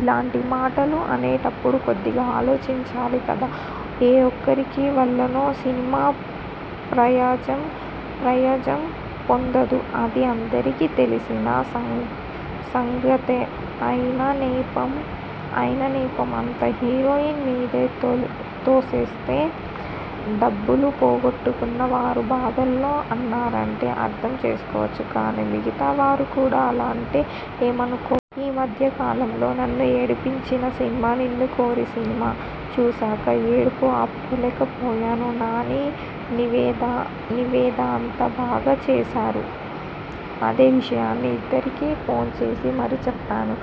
ఇలాంటి మాటలు అనేటప్పుడు కొద్దిగా ఆలోచించాలి కదా! ఏ ఒక్కరి వలనో సినిమా పరాజయం పొందదు. అది అందరికీ తెలిసిన సంగతే అయినా నెపం అంతా హీరోయిన్ మీదే తోసేస్తారు. డబ్బులు పోగొట్టుకున్న వారు బాధలో అన్నారంటే అర్థం చేసుకోవచ్చు కానీ మిగతా వారు కూడా అలా అంటే ఏమనుకోవాలి? ఈ మధ్య కాలంలో నన్ను ఏడిపించిన సినిమా'నిన్ను కోరి' సినిమా చూసాక ఏడుపు ఆపుకోలేకపోయాను. నాని, నివేదా అంత బాగా చేశారు. అదే విషయాన్ని ఇద్దరికీ ఫోన్ చేసి మరీ చెప్పాను.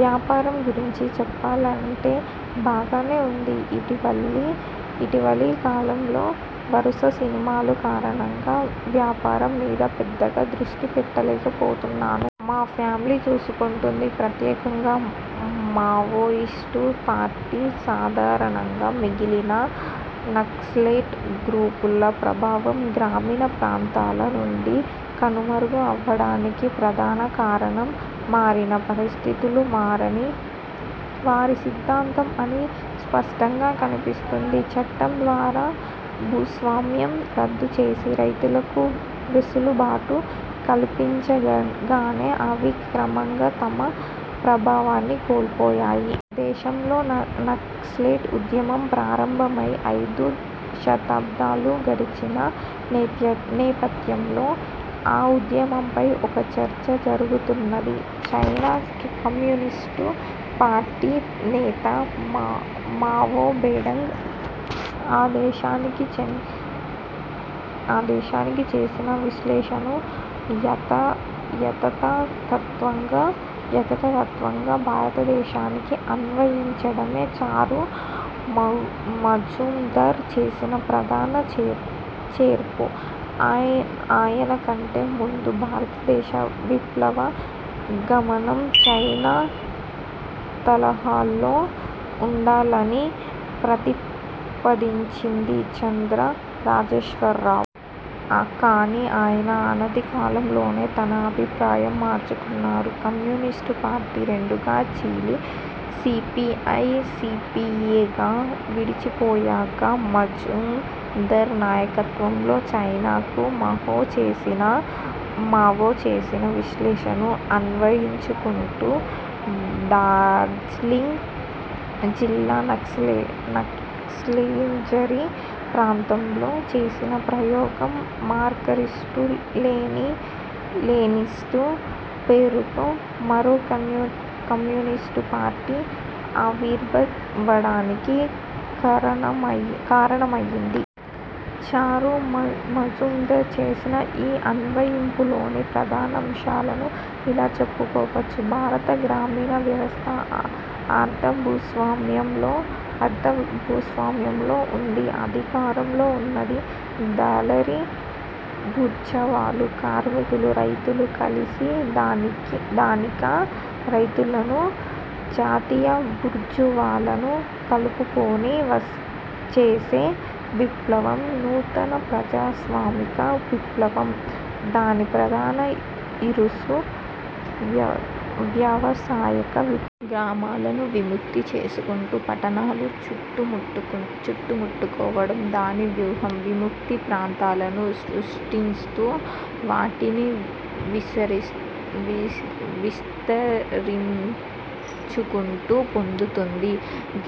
వ్యాపారం గురించి చెప్పాలంటేబాగానే ఉంది. ఇటీవలి కాలంలో వరుస సినిమాల కారణంగా వ్యాపారం మీద పెద్దగా దృష్టి పెట్టలేకపోతున్నాను. మా ఫ్యామిలీ చూసుకుంటోంది. ప్రత్యేకంగా మావోయిస్టు పార్టీ, సాధారణంగా మిగిలిన నక్సలైట్ గ్రూపుల ప్రభావం గ్రామీణ ప్రాంతాల నుండి కనుమరుగు అవ్వడానికి ప్రధానకారణం మారిన 'పరిస్థితులు' మారని వారి 'సిద్ధాంతం' అని స్పష్టంగా కన్పిస్తుంది. చట్టం ద్వారా భూస్వామ్యం రద్దు చేసి రైతులకు వెసులుబాటు కల్పించగానే అవి క్రమంగా తమ ప్రాభావాన్ని కోల్పోయాయి. దేశంలో నక్సలైట్ ఉద్యమం ప్రారంభమై ఐదు దశబ్దాలు గడిచిన నేపథ్యంలో, ఆ ఉద్యమంపై ఒక చర్చ జరుగుతున్నది. చైనా కమ్యూనిస్టు పార్టీ నేత మావో జెడాంగ్ ఆ దేశానికి చేసిన విశ్లేషణను యథాతథంగా భారతదేశానికి అన్వయించడమే చారు మజుందార్ చేసిన ప్రధాన చేర్పు. ఆయనకంటే ముందు భారతదేశ విప్లవ గమనం చైనా తరహాలో వుండాలని ప్రతిపాదించింది చండ్ర రాజేశ్వర రావు. కానీ ఆయన అనతికాలంలోనే తన అభిప్రాయం మార్చుకున్నారు. కమ్యూనిస్టు పార్టీ రెండుగా చీలి సీపీఐ, సీపీఎంగా విడిపోయాక, మజుందార్ నాయకత్వంలో చైనాకు మావో చేసిన విశ్లేషణను అన్వయించుకుంటూ డార్జిలింగ్ జిల్లా నక్సల్బరీ ప్రాంతంలో చేసిన ప్రయోగం 'మార్క్సిస్టు లెనినిస్ట్' పేరుతో మరో కమ్యూనిస్టుపార్టీ ఆవిర్భావానికి కారణమయ్యింది. చారు మజుందార్ చేసిన ఈ అన్వయింపులోని ప్రధాన అంశాలను ఇలా చెప్పుకోవచ్చు. భారత గ్రామీణ వ్యవస్థ అర్ధ భూస్వామ్యంలో వుంది. అధికారంలో వున్నది దళారీ బూర్జువాలు. కార్మికులు, రైతులు కలిసి ధనిక రైతులను, జాతీయ బూర్జువాలను కలుపుకొని చేసే విప్లవం 'నూతన ప్రజాస్వామిక విప్లవం'. దాని ప్రధాన 'ఇరుసు' వ్యవసాయక విప్లవం. గ్రామాలను విముక్తి చేసుకుంటూ పట్టణాలు చుట్టుముట్టడం దానివ్యూహం. 'విముక్తి' ప్రాంతాలను సృష్టిస్తూ వాటిని విస్తరించుకుంటూ పోతుంది.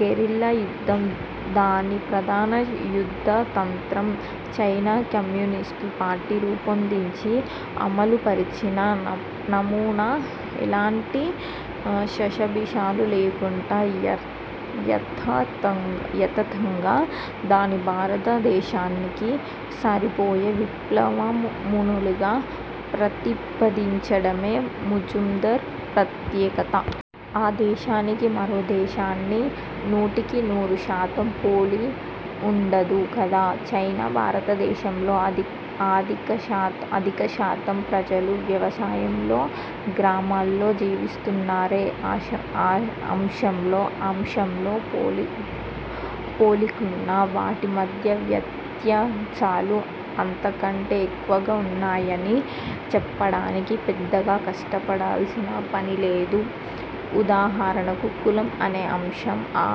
గెరిల్లా యుద్ధం దాని ప్రధాన యుద్ధ తంత్రం. చైనా కమ్యూనిస్టు పార్టీ రూపొందించి అమలుపర్చిన నమూనా ఎలాంటి శషబిషలు లేకుండా యథాతథంగా దాన్ని భారతదేశానికి సరిపోయే విప్లవనమూనాగా ప్రతిపాదించడమే మజుందార్ ప్రత్యేకత. ఏ దేశమూ మరోదేశాన్ని నూటికి నూరుశాతం పోలి వుండదు కదా?! చైనా- భారతదేశాలలో అధికశాతం ప్రజలు వ్యవసాయంలో, గ్రామాల్లో జీవిస్తున్నారనే అంశంలో పోలికవున్నా వాటి మధ్య వ్యత్యాసాలు అంతకంటే ఎక్కువ వున్నాయని చెప్పడానికీ పెద్దగా కష్టపడవలసిన పనిలేదు. ఉదాహరణకు 'కులం' అనే అంశం. ఆ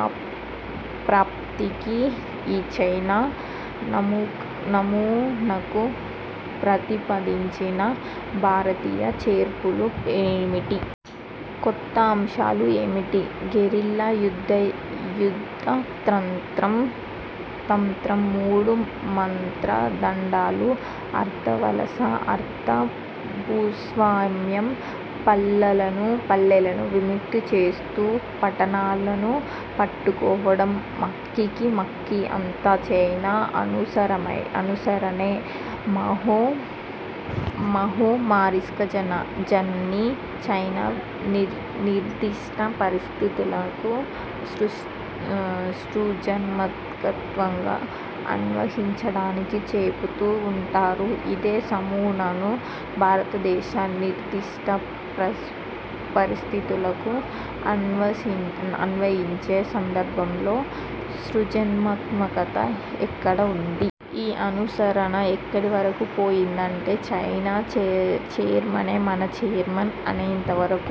ప్రాప్తికి ఈ చైనా నమూనాకు ప్రతిపాదించిన భారతీయ చేర్పులు ఏమిటి? కొత్తఅంశాలు ఏమిటి? గెరిల్లా యుద్ధతంత్రం, మూడు మంత్రదండాలు, అర్ధవలస – అర్ధ భూస్వామ్యం, పల్లెలను విముక్తి చేస్తూ పట్టణాలను పట్టుకోవడం, మక్కికి మక్కి అంతా చైనా అనుసరణే. మావో మార్క్సిజాన్ని చైనా నిర్దిష్ట పరిస్థితులకు సృజనాత్మకంగా అన్వయించడానికి చెపుతూ వుంటారు. అదే నమూనాను భారతదేశ నిర్దిష్ట పరిస్ధితులకు అన్వయించే సందర్భంలో ఆ 'సృజనాత్మకత' ఎక్కడ వుంది? ఈ అనుసరణ ఎక్కడి వరకు పోయిందంటే 'చైనా చైర్మనే మన చైర్మన్' అనేంత వరకు.